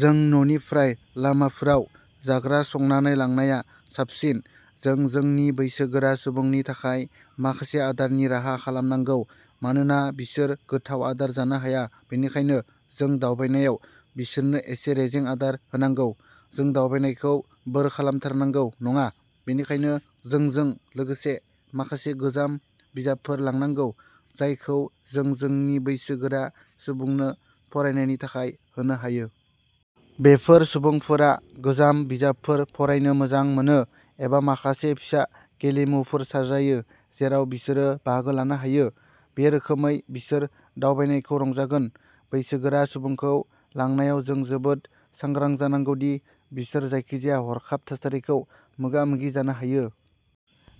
जों न'निफ्राय लामाफोराव जाग्रा संनानै लांनाया साबसिन। जों जोंनि बैसो गोरा सुबुंनि थाखाय माखासे आदारनि राहा खालामनांगौ मानोना बिसोर गोथाव आदार जानो हाया। बेनिखायनो जों दावबायनायाव बिसोरनो एसे रेजें आदार होनांगौ। जों दावबायनायखौ बोर खालामथारनांगौ नङा, बेनिखायनो जोंजों लोगोसे माखासे गोजाम बिजाबफोर लांनांगौ जायखौ जों जोंनि बैसो गोरा सुबुंनो फरायनायनि थाखाय होनो हायो। बेफोर सुबुंफोरा गोजाम बिजाबफोर फरायनो मोजां मोनो एबा माखासे फिसा गेलेमुफोर साजायो जेराव बिसोरो बाहागो लानो हायो। बे रोखोमै बिसोर दावबायनायखौ रंजागोन। बैसो गोरा सुबुंखौ लांनायाव जों जोबोद सांग्रां जानांगौ दि बिसोर जायखिजाया हरखाब थासारिखौ मोगा-मोगि जानो हायो।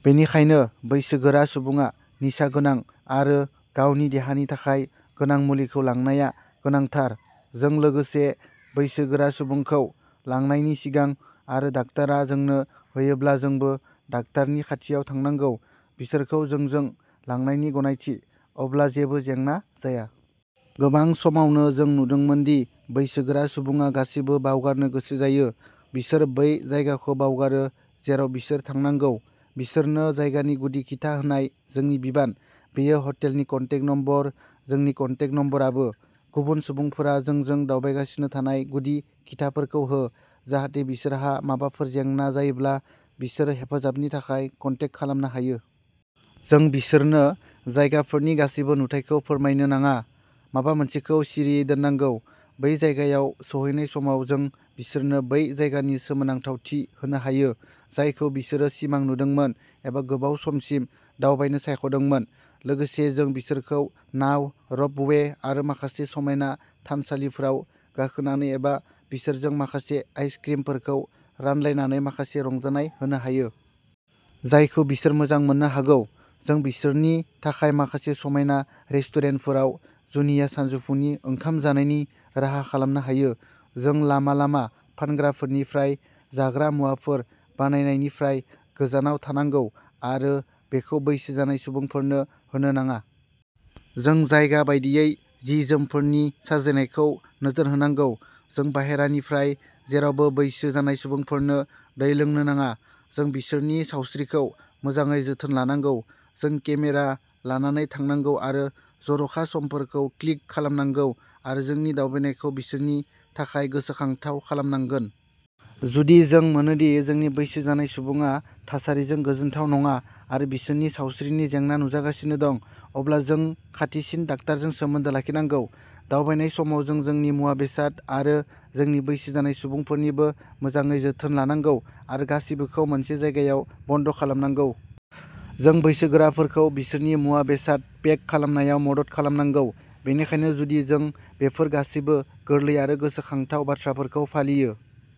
बेनिखायनो बैसो गोरा सुबुङा निसा गोनां आरो गावनि देहानि थाखाय गोनां मुलिखौ लांनाया गोनांथार। जों लोगोसे बैसो गोरा सुबुंखौ लांनायनि सिगां आरो डाक्टारा जोंनो होयोब्ला जोंबो डाक्टारनि खाथियाव थांनांगौ। बिसोरखौ जोंजों लांनायनि गनायथि, अब्ला जेबो जेंना जाया। गोबां समावनो जों नुदोंमोन दि बैसोगोरा सुबुङा गासिबो बावगारनो गोसो जायो। बिसोर बै जायगाखौ बावगारो जेराव बिसोर थांनांगौ। बिसोरनो जायगानि गुदि खिथा होनाय जोंनि बिबान, बेयो हटेलनि कन्टेक नम्बर, जोंनि कन्टेक नम्बराबो, गुबुन सुबुंफोरा जोंजों दावबायगासिनो थानाय गुदि खिथाफोरखौ हो, जाहाथे बिसोरहा माबाफोर जेंना जायोब्ला बिसोर हेफाजाबनि थाखाय कन्टेक खालामनो हायो। जों बिसोरनो जायगाफोरनि गासैबो नुथायखौ फोरमायनो नाङा। माबा मोनसेखौ सिरियै दोननांगौ। बै जायगायाव सौहैनाय समाव जों बिसोरनो बै जायगानि सोमोनांथावथि होनो हायो, जायखौ बिसोरो सिमां नुदोंमोन एबा गोबाव समसिम दावबायनो सायख'दोंमोन। लोगोसे जों बिसोरखौ नाव, र'पअवे आरो माखासे समायना थानसालिफोराव गाखोनानै एबा बिसोरजों माखासे आइस-क्रिमफोरखौ रानलायनानै माखासे रंजानाय होनो हायो। जायखौ बिसोर मोजां मोननो हागौ। जों बिसोरनि थाखाय माखासे समायना रेस्टुरेन्टफोराव जुनिया सानजौफुनि ओंखाम जानायनि राहा खालामनो हायो। जों लामा-लामा फानग्राफोरनिफ्राय जाग्रा मुवाफोर बायनायनिफ्राय गोजानाव थानांगौ आरो बेखौ बैसो जानाय सुबुंफोरनो होनो नाङा। जों जायगा बायदियै जि-जोमफोरनि साजायनायखौ नोजोर होनांगौ। जों बाहेरानिफ्राय जेरावबो बैसो जानाय सुबुंफोरनो दै लोंनो नाङा। जों बिसोरनि सावस्रिखौ मोजाङै जोथोन लानांगौ। जों केमेरा लानानै थांनांगौ आरो जर'खा समफोरखौ क्लिक खालामनांगौ आरो जोंनि दावबायनायखौ बिसोरनि थाखाय गोसोखांथाव खालामनांगोन। जुदि जों मोनोदि जोंनि बैसो जानाय सुबुङा थासारिजों गोजोनथाव नङा आरो बिसोरनि सावस्रिनि जेंना नुजागासिनो दं, अब्ला जों खाथिसिन डाक्टारजों सोमोन्दो लाखिनांगौ। दावबायनाय समाव जों जोंनि मुवा-बेसाद आरो जोंनि बैसो जानाय सुबुंफोरनिबो मोजाङै जोथोन लानांगौ आरो गासिबोखौ मोनसे जायगायाव बन्द खालामनांगौ। जों बैसोगोराफोरखौ बिसोरनि मुवा-बेसाद पेक खालामनायाव मदद खालामनांगौ। बेनिखायनो जुदि जों बेफोर गासैबो गोरलै आरो गोसोखांथाव बाथ्राफोरखौ फालियो।